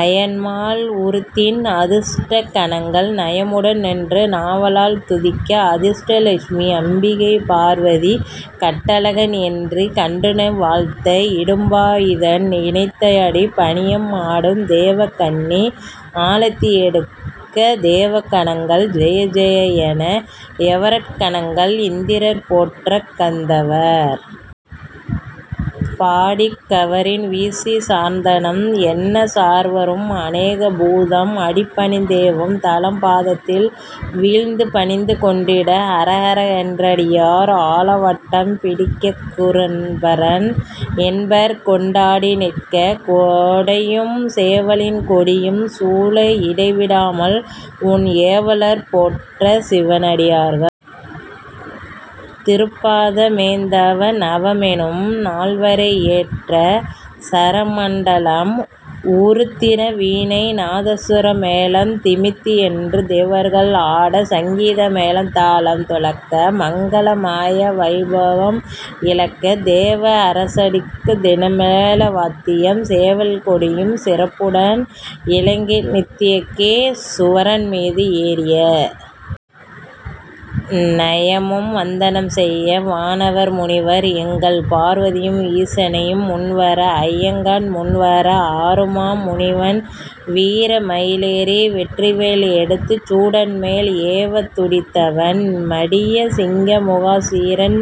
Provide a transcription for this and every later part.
அயன்மால் உருத்திரன் அஷ்ட கணங்கள் நயமுடன் நின்று நாவால் துதிக்க அஷ்ட லஷ்மி அம்பிகை பார்வதி கட்டழகன் என்று கண்டுனை வாழ்த்த இடும்பா யுதன்நின் இணையடி பணிய ஆடும் தேவகன்னி ஆலத்தி எடுக்க தேவ கணங்கள் ஜெயஜெய என்ன ஏவற் கணங்கள் இந்திரர் போற்ற கந்தர்வர் பாடிக் கவரிகள் வீசிச் சார்ந்தனம் என்னச் சார்வரும் அநேக பூதம் அடிபணிந் தேத்தவே தாளம் பாதத்தில் வீழ்ந்து பணிந்து கொண்டாட அரகர என்றடியார் ஆலவட்டம் பிடிக்க குருபரன் என்றன்பர் கொண்டாடி நிற்க குடையும் சேவலின் கொடியும் சூழ இடை விடாமல் உன் ஏவலர் போற்றச் சிவனடியார்கள் திருப்பாத மேந்த நவமெனும் நால்வரை ஏற்ற சரமண்டலம் உருத்திர வீணை நாதசுர மேளம் தித்திமி என்று தேவர்கள் ஆடச் சங்கீத மேளம் தாளம் துலங்க மங்கள மாக வைபவம் இலங்க தேவ முரசடிக்கத் தினமேள வாத்தியம் சேவல் கொடியும் சிறப்புடன் இலங்க நந்திகே சுவரன்மீது ஏறிய நயமும் வந்தனம் செய்ய வானவர் முனிவர் எங்கள் பார்வதியும் ஈசனும் முன்வர ஐங்கரன் முன்வர ஆறுமா முகவன் வீரமயி லேறி வெற்றிவேல் எடுத்துச் சூரன்மேல் ஏவத் துடித்தவன் மடியச் சிங்கமுகா சுரன்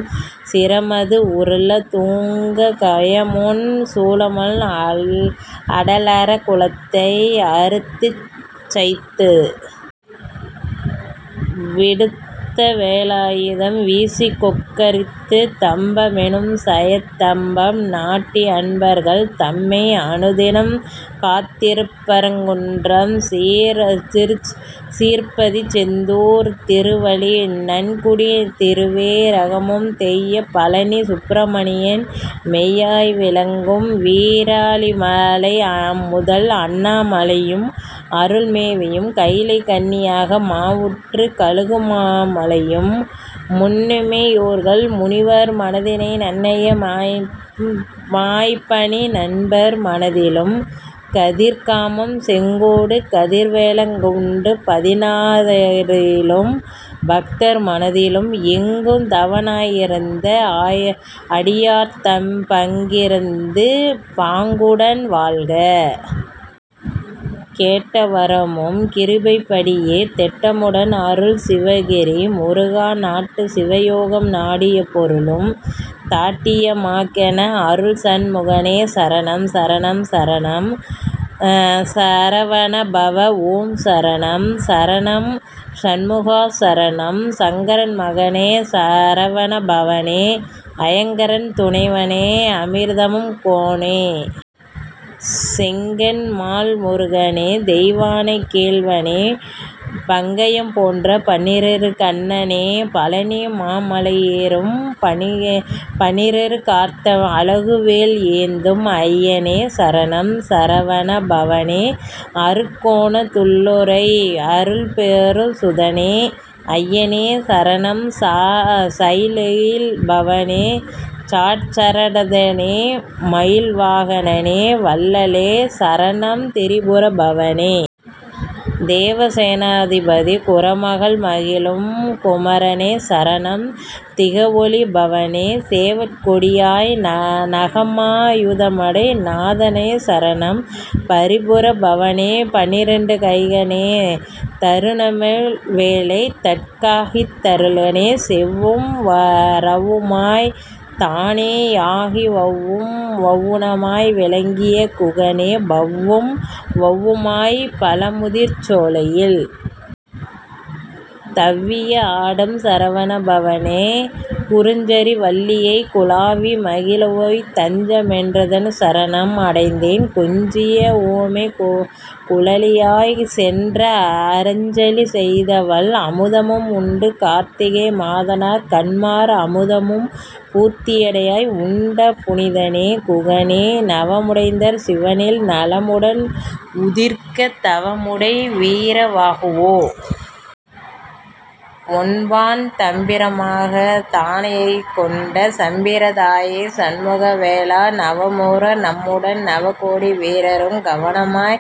சிரமது உருளத் துங்கக் கயமுகன் சூரனும் மாள அடலறக் குலத்தை அறுத்துச் சயித்து விடுத்தவே லாயுதம் வீசிக்கொக் கரித்துத் தம்ப மெனும் சயத் தம்பம் நாட்டி அன்பர்கள் தம்மை அனுதினம் காத்துத் திருப்பரங் குன்றம் சீர்பதி செந்தூர் திருவாவி நன்குடி திருவே ரகமும் துய்ய பழநி சுப்பிர மணியன் மெய்யாய் விளங்கும் விராலிமலைமுதல் அண்ணா மலையும் அருள்மேவும் கயிலை கண்ணிய மாவூற்றுக் கழுகுமா மலையும் முன்னிமை யோர்கள் முனிவர் மனத்திலும் நன்னய மாய்ப்பணி நண்பர் மனத்திலும் கதிர்காமம் செங்கோடு கதிர்வேங் கடமும் பதினா லுகத்திலும் பக்தர் மனத்திலும் எங்கும் தானவ னாயிருந் அடியர்தம் பங்கி லிருந்து பாங்குடன் வாழ்க! கேட்ட வரமும் கிருபைப் படியே தேட்ட முடன் அருள் சிவகிரி முருகா நாட்டு சிவயோகம் நாடிய பொருளும் தாட்டிக மாய்எனக் அருள்சண் முகனே சரணம் சரணம் சரவண பவஓம் சரணம் சரணம் சண்முகா சரணம் சஙகரன் மகனே சரவண பவனே ஐங்கரன் துணைவனே அமரர்தம் கோனே செங்கண்மால் மருகனே தெய்வானை கேள்வனே பங்கயம் போன்ற பன்னிரு கண்ணனே பழநி மாமலையுறும் பன்னிரு கரத்தனே அழகுவேல் ஏந்தும் ஐயனே சரணம் சரவணபவனே சட்கோணத் துள்ளுறை அரனருள் சுதனே அய்யனே சரணம் சயிலொளி பவனே சடாட்சரத் தோனே மயில்வா கனனே வள்ளலே சரணம் திரிபுர பவனே தேவசே னாபதி குறமகள் மகிழும் குமரனே சரணம் திகழொளி பவனே சேவற்கொடியாய் நகமா யுதமுடை நாதனே சரணம் பரிபுர பவனே பன்னிரு கையனே தருணமிவ் வேளை தற்காத் தருளே சவ்வும் ரவ்வுமாய்த் தானே யாகி வவ்வும் ணவ்வுமாய் விளங்கிய குகனே பவ்வும் வவ்வுமாய் பழமுதிர் சோலையில் தவ்வியே ஆடும் சரவணபவனே குஞ்சரி வள்ளியைக் குலாவி மகிழ்வோய் தஞ்ச மென்றுன்னைச் சரணம் அடைந்தேன் கொஞ்சிய உமையுடன் குழவியாய்ச் சென்றங் அஞ்சலி செய்தவள் அமுதமும் உண்டு கார்த்திகை மாதர் கனமார் அமுதமும் பூர்த்தியாய் உண்ட புனிதனே குகனே நவமைந்தர் சிவனால் நலமுடன் உதிக்கத் தவமுடை வீரவாகுவோ ஒன்பான் தம்பிமா ராகத் தானையைக் கொண்ட சம்பிர தாயா சண்முகா வேலா நவவீரர் தம்முடன் நவகோடி வீரரும் கவனமாய்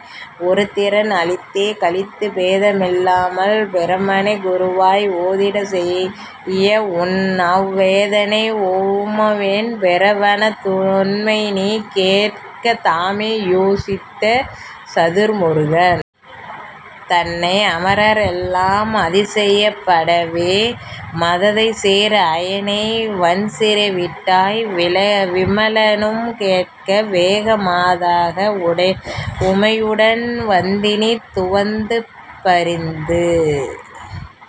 உருத்திரன் அளித்தே களித்துப் பேதம் இல்லாமல் பிரமனைக் குருவாய் ஓதிடச் செய்ய உடன் அவ் வேதனை ஓமெனும் பிரவணத் துண்மைநீ கேட்க தாமே யோசித்த சதுர்முகன் தன்னை அமரர்கள் எல்லாம் அதிசயப் படவே மமதைசேர் அயனை வன்சிறை யிட்டாய் விமலனும் கேட்டு வேக மதாக உமையுடன் வந்தினி துவந்து பரிந்து